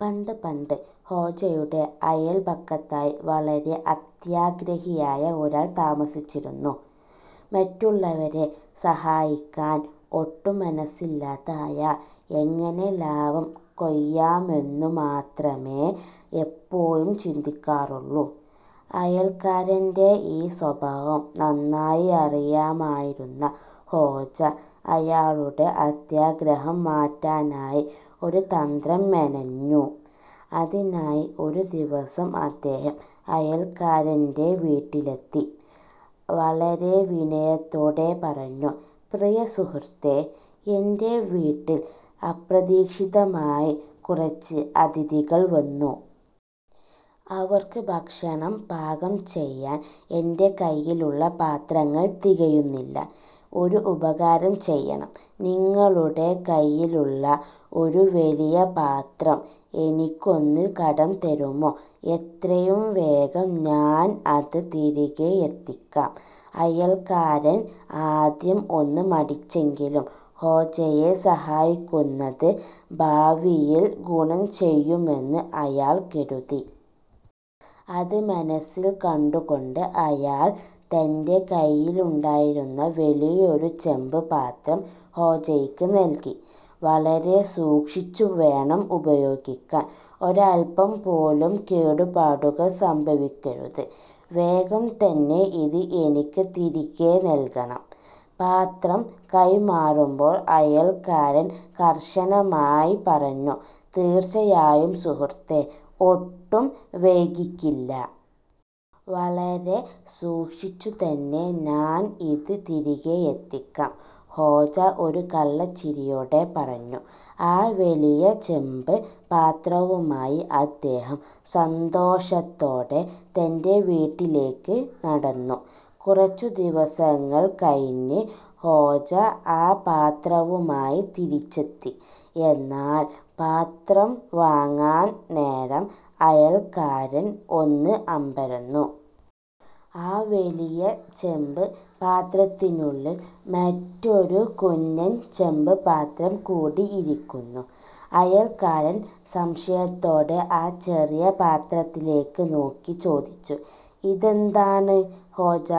പണ്ട് പണ്ട്, ഹോജയുടെ അയൽപക്കത്തായി വളരെ അത്യാഗ്രഹിയായ ഒരാൾ താമസിച്ചിരുന്നു. മറ്റുള്ളവരെ സഹായിക്കാൻ ഒട്ടും മനസ്സില്ലാത്ത അയാൾ, എങ്ങനെ ലാഭം കൊയ്യാമെന്നു മാത്രമേ എപ്പോഴും ചിന്തിക്കാറുള്ളൂ. അയൽക്കാരന്റെ ഈ സ്വഭാവം നന്നായി അറിയാമായിരുന്ന ഹോജ, അയാളുടെ അത്യാഗ്രഹം മാറ്റാനായി ഒരു തന്ത്രം മെനഞ്ഞു. അതിനായി ഒരു ദിവസം അദ്ദേഹം അയൽക്കാരന്റെ വീട്ടിലെത്തി വളരെ വിനയത്തോടെ പറഞ്ഞു: "പ്രിയ സുഹൃത്തേ, എന്റെ വീട്ടിൽ അപ്രതീക്ഷിതമായി കുറച്ച് അതിഥികൾ വന്നു. അവർക്ക് ഭക്ഷണം പാകം ചെയ്യാൻ എന്റെ കയ്യിലുള്ള പാത്രങ്ങൾ തികയുന്നില്ല. ഒരു ഉപകാരം ചെയ്യണം, നിങ്ങളുടെ കയ്യിലുള്ള ഒരു വലിയ പാത്രം എനിക്കൊന്ന് കടം തരുമോ? എത്രയും വേഗം ഞാൻ അത് തിരികെ എത്തിക്കാം. " അയൽക്കാരൻ ആദ്യം ഒന്ന് മടിച്ചെങ്കിലും ഹോജയെ സഹായിക്കുന്നത് ഭാവിയിൽ ഗുണം ചെയ്യുമെന്ന് അയാൾ കരുതി. അത് മനസ്സിൽ കണ്ടുകൊണ്ട് അയാൾ തന്റെ കയ്യിലുണ്ടായിരുന്ന വലിയൊരു ചെമ്പ് പാത്രം ഹോജയ്ക്ക് നൽകി. "വളരെ സൂക്ഷിച്ചു വേണം ഉപയോഗിക്കാൻ, ഒരല്പം പോലും കേടുപാടുകൾ സംഭവിക്കരുത്! വേഗം തന്നെ ഇത് എനിക്ക് തിരികെ നൽകണം. " പാത്രം കൈമാറുമ്പോൾ അയൽക്കാരൻ കർശനമായി പറഞ്ഞു. "തീർച്ചയായും സുഹൃത്തേ, ഒട്ടും വൈകിക്കില്ല! വളരെ സൂക്ഷിച്ചുതന്നെ ഞാൻ ഇത് തിരികെ എത്തിക്കാം. " ഹോജ ഒരു കള്ളച്ചിരിയോടെ പറഞ്ഞു. ആ വലിയ ചെമ്പ് പാത്രവുമായി അദ്ദേഹം സന്തോഷത്തോടെ തന്റെ വീട്ടിലേക്ക് നടന്നു. കുറച്ചു ദിവസങ്ങൾ കഴിഞ്ഞ് ഹോജ ആ പാത്രവുമായി തിരിച്ചെത്തി. എന്നാൽ പാത്രം വാങ്ങാൻ നേരം അയൽക്കാരൻ ഒന്ന് അമ്പരന്നു. ആ വലിയ ചെമ്പ് പാത്രത്തിനുള്ളിൽ മറ്റൊരു കുഞ്ഞൻ ചെമ്പ് പാത്രം കൂടി ഇരിക്കുന്നു! അയൽക്കാരൻ സംശയത്തോടെ ആ ചെറിയ പാത്രത്തിലേക്ക് നോക്കി ചോദിച്ചു: "ഇതെന്താണ് ഹോജ?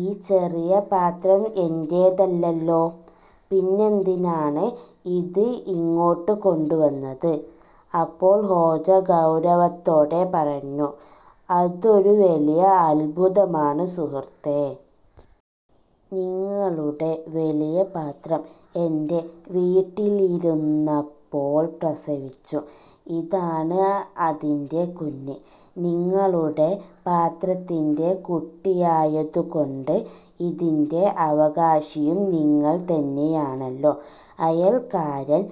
ഈ ചെറിയ പാത്രം എന്റേതല്ലല്ലോ! പിന്നെന്തിനാണ് ഇത് ഇങ്ങോട്ട് കൊണ്ടുവന്നത്? " അപ്പോൾ ഹോജ ഗൗരവത്തോടെ പറഞ്ഞു: "അതൊരു വലിയ അത്ഭുതമാണ് സുഹൃത്തേ! നിങ്ങളുടെ വലിയ പാത്രം എന്റെ വീട്ടിലിരുന്നപ്പോൾ പ്രസവിച്ചു. ഇതാണ് അതിന്റെ കുഞ്ഞ്! നിങ്ങളുടെ പാത്രത്തിന്റെ കുട്ടിയായതുകൊണ്ട് ഇതിന്റെ അവകാശിയും നിങ്ങൾ തന്നെയാണല്ലോ. " അയൽക്കാരൻ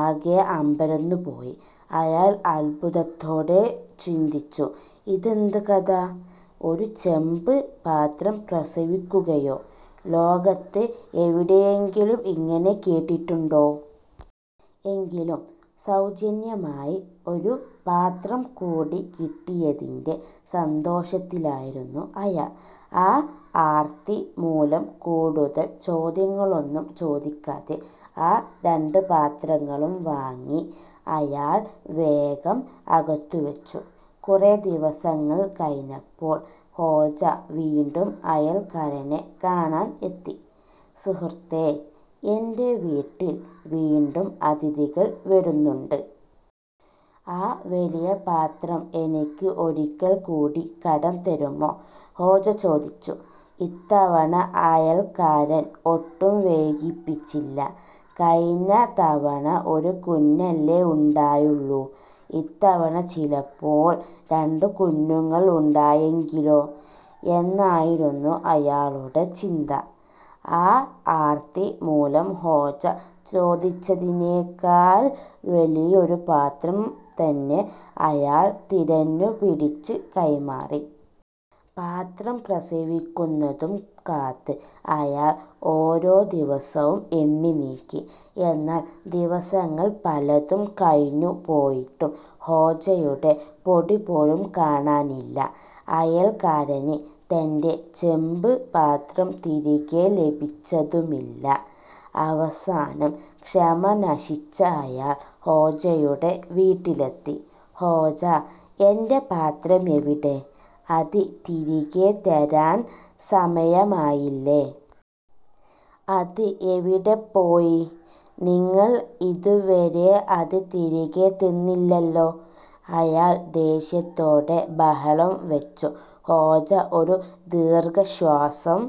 ആകെ അമ്പരന്നുപോയി. അയാൾ അത്ഭുതത്തോടെ ചിന്തിച്ചു: "ഇതെന്ത് കഥ! ഒരു ചെമ്പ് പാത്രം പ്രസവിക്കുകയോ? ലോകത്ത് എവിടെയെങ്കിലും ഇങ്ങനെ കേട്ടിട്ടുണ്ടോ! " എങ്കിലും സൗജന്യമായി ഒരു പാത്രം കൂടി കിട്ടിയതിന്റെ സന്തോഷത്തിലായിരുന്നു അയാൾ. ആ ആർത്തി മൂലം കൂടുതൽ ചോദ്യങ്ങളൊന്നും ചോദിക്കാതെ ആ രണ്ട് പാത്രങ്ങളും വാങ്ങി അയാൾ വേഗം അകത്തുവെച്ചു. കുറേ ദിവസങ്ങൾ കഴിഞ്ഞപ്പോൾ ഹോജ വീണ്ടും അയൽക്കാരനെ കാണാൻ എത്തി. "സുഹൃത്തേ, എന്റെ വീട്ടിൽ വീണ്ടും അതിഥികൾ വരുന്നുണ്ട്. ആ വലിയ പാത്രം എനിക്ക് ഒരിക്കൽ കൂടി കടം തരുമോ? " ഹോജ ചോദിച്ചു. ഇത്തവണ അയൽക്കാരൻ ഒട്ടും വൈകിപ്പിച്ചില്ല. 'കഴിഞ്ഞ തവണ ഒരു കുഞ്ഞല്ലേ ഉണ്ടായുള്ളൂ, ഇത്തവണ ചിലപ്പോൾ രണ്ട് കുഞ്ഞുങ്ങൾ ഉണ്ടായെങ്കിലോ! ' എന്നായിരുന്നു അയാളുടെ ചിന്ത. ആ ആർത്തി മൂലം ഹോജ ചോദിച്ചതിനേക്കാൾ വലിയൊരു പാത്രം തന്നെ അയാൾ തിരഞ്ഞു പിടിച്ച് കൈമാറി. പാത്രം പ്രസവിക്കുന്നതും കാത്ത് അയാൾ ഓരോ ദിവസവും എണ്ണിനീക്കി. എന്നാൽ ദിവസങ്ങൾ പലതും കഴിഞ്ഞു പോയിട്ടും ഹോജയുടെ പൊടിപോലും കാണാനില്ല അയൽക്കാരന് തന്റെ ചെമ്പ് പാത്രം തിരികെ ലഭിച്ചതുമില്ല. അവസാനം ക്ഷമ നശിച്ച അയാൾ ഹോജയുടെ വീട്ടിലെത്തി. "ഹോജ, എന്റെ പാത്രം എവിടെ? അത് തിരികെ തരാൻ സമയമായില്ലേ! അത് എവിടെപ്പോയി? നിങ്ങൾ ഇതുവരെ അത് തിരികെ തന്നില്ലല്ലോ! " അയാൾ ദേഷ്യത്തോടെ ബഹളം വെച്ചു. ഹോജ ഒരു ദീർഘശ്വാസം